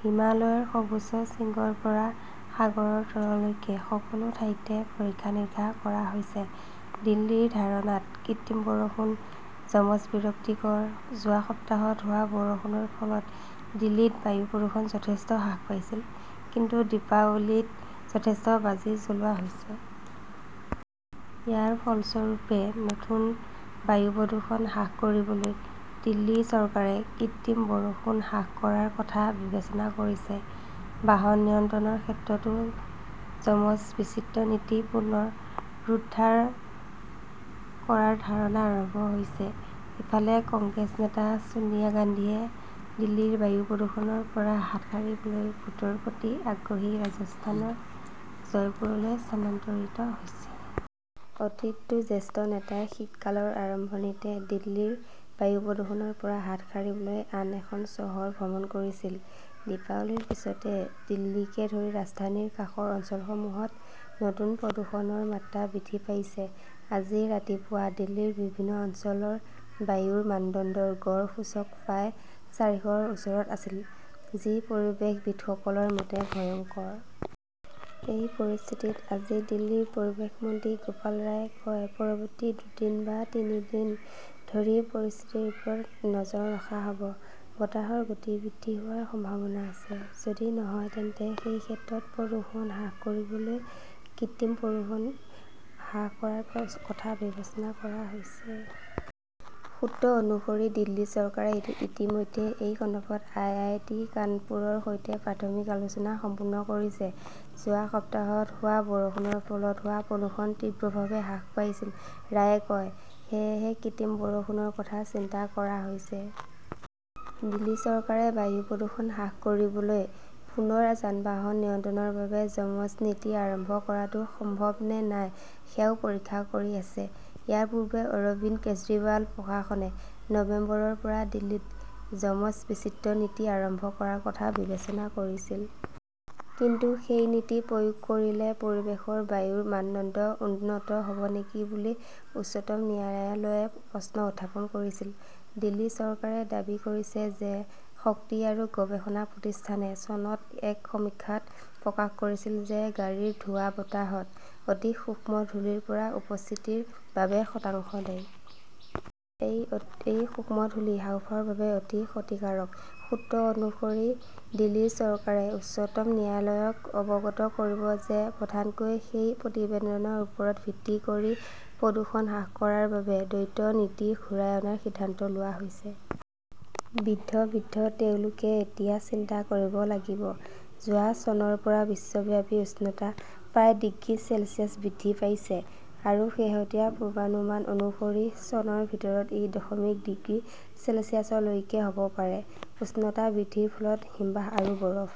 হিমালয়ৰ সৰ্বোচ্চ শৃংগৰ পৰা সাগৰৰ তললৈকে সকলো ঠাইতে পৰীক্ষা-নিৰীক্ষা কৰা হৈছে। দিল্লীৰ ধাৰণাত কৃত্ৰিম বৰষুণ, যমজ-বিৰক্তিকৰ যোৱা সপ্তাহত হোৱা বৰষুণৰ ফলত দিল্লীত বায়ু প্ৰদূষণ যথেষ্ট হ্ৰাস পাইছিল। কিন্তু দীপাৱলীত যথেষ্ট বাজি জ্বলোৱা হৈছে। ইয়াৰ ফলস্বৰূপে নতুন বায়ু প্ৰদূষণ হ্ৰাস কৰিবলৈ দিল্লী চৰকাৰে কৃত্ৰিম বৰষুণ হ্ৰাস কৰাৰ কথা বিবেচনা কৰিছে। বাহন নিয়ন্ত্ৰণৰ ক্ষেত্ৰতো যমজ-বিচিত্ৰ নীতি পুনৰুদ্ধাৰ কৰাৰ ধাৰণা আৰম্ভ হৈছে। ইফালে, কংগ্ৰেছ নেতা ছোনিয়া গান্ধীয়ে দিল্লীৰ বায়ু প্ৰদূষণৰ পৰা হাত সাৰিবলৈ ভোটৰ প্ৰতি আগ্ৰহী ৰাজস্থানৰ জয়পুৰলৈ স্থানান্তৰিত হৈছে। অতীততো জ্যেষ্ঠ নেতাই শীতকালৰ আৰম্ভণিতে দিল্লীৰ বায়ু প্ৰদূষণৰ পৰা হাত সাৰিবলৈ আন এখন চহৰ ভ্ৰমণ কৰিছিল। দীপাৱলীৰ পিছতে দিল্লীকে ধৰি ৰাজধানীৰ কাষৰ অঞ্চলসমূহত নতুন প্ৰদূষণৰ মাত্ৰা বৃদ্ধি পাইছে। আজি ৰাতিপুৱা দিল্লীৰ বিভিন্ন অঞ্চলৰ বায়ুৰ মানদণ্ডৰ গড় সূচক প্ৰায় চাৰিশৰ ওচৰত আছিল, যি পৰিৱেশবিদসকলৰ মতে 'ভয়ংকৰ "। এই পৰিস্থিতিত আজি দিল্লীৰ পৰিৱেশ মন্ত্ৰী গোপাল ৰায়ে কয়, "পৰৱৰ্তী দুদিন বা তিনি দিন ধৰি পৰিস্থিতিৰ ওপৰত নজৰ ৰখা হ" ব। বতাহৰ গতি বৃদ্ধি হোৱাৰ সম্ভাৱনা আছে। যদি নহয়, তেন্তে সেই ক্ষেত্ৰত প্ৰদূষণ হ্ৰাস কৰিবলৈ কৃত্ৰিম বৰষুণ হ্ৰাস কৰাৰ কথা বিবেচনা কৰা হৈছে। "সূত্ৰ অনুসৰি, দিল্লী চৰকাৰে ইতিমধ্যে এই সন্দৰ্ভত আই. আই. টি. -কানপুৰৰ সৈতে প্ৰাথমিক আলোচনা সম্পূৰ্ণ কৰিছে। "যোৱা সপ্তাহত হোৱা বৰষুণৰ ফলত হোৱা প্ৰদূষণ তীব্ৰভাৱে হ্ৰাস পাইছিল", ৰায়ে কয়। সেয়েহে কৃত্ৰিম বৰষুণৰ কথা চিন্তা কৰা হৈছে। "দিল্লী চৰকাৰে বায়ু প্ৰদূষণ হ্ৰাস কৰিবলৈ পুনৰ যান-বাহন নিয়ন্ত্ৰণৰ বাবে যমজ নীতি আৰম্ভ কৰাটো সম্ভৱনে নাই সেয়াও পৰীক্ষা কৰি আছে। ইয়াৰ পূৰ্বে অৰবিন্দ কেজৰিৱাল প্ৰশাসনে নৱেম্বৰৰ পৰা দিল্লীত যমজ-বিচিত্ৰ নীতি আৰম্ভ কৰাৰ কথা বিবেচনা কৰিছিল। কিন্তু সেই নীতি প্ৰয়োগ কৰিলে পৰিৱেশৰ বায়ুৰ মানদণ্ড উন্নত হ "ব নেকি বুলি উচ্চতম ন্যায়ালয়ে প্ৰশ্ন উত্থাপন কৰিছিল। দিল্লী চৰকাৰে দাবী কৰিছে যে শক্তি আৰু গৱেষণা প্ৰতিষ্ঠানে চনত এক সমীক্ষাত প্ৰকাশ কৰিছিল যে গাড়ীৰ ধোঁৱা বতাহত অতি সূক্ষ্ম ধূলি ৰ উপস্থিতিৰ বাবে শতাংশ দায়ী। এই অতি সূক্ষ্ম ধূলি হাঁওফাঁওৰ বাবে অতি ক্ষতিকাৰক। সূত্ৰ অনুসৰি, দিল্লী চৰকাৰে উচ্চতম ন্যায়ালয়ক অৱগত কৰিব যে প্ৰধানকৈ সেই প্ৰতিবেদনৰ ওপৰত ভিত্তি কৰি প্ৰদূষণ হ্ৰাস কৰাৰ বাবে দ্বৈত নীতি ঘূৰাই অনাৰ সিদ্ধান্ত লোৱা হৈছে। বৃদ্ধ বৃদ্ধঃ তেওঁলোকে এতিয়া চিন্তা কৰিব লাগিব যোৱা চনৰ পৰা বিশ্বব্যাপী উষ্ণতা প্ৰায় ডিগ্ৰী চেলছিয়াছ বৃদ্ধি পাইছে আৰু শেহতীয়া পূৰ্বানুমান অনুসৰি চনৰ ভিতৰত ই দশমিক ডিগ্ৰী চেলছিয়াছলৈকে হ 'ব পাৰে। উষ্ণতা বৃদ্ধিৰ ফলত হিমবাহ আৰু বৰফ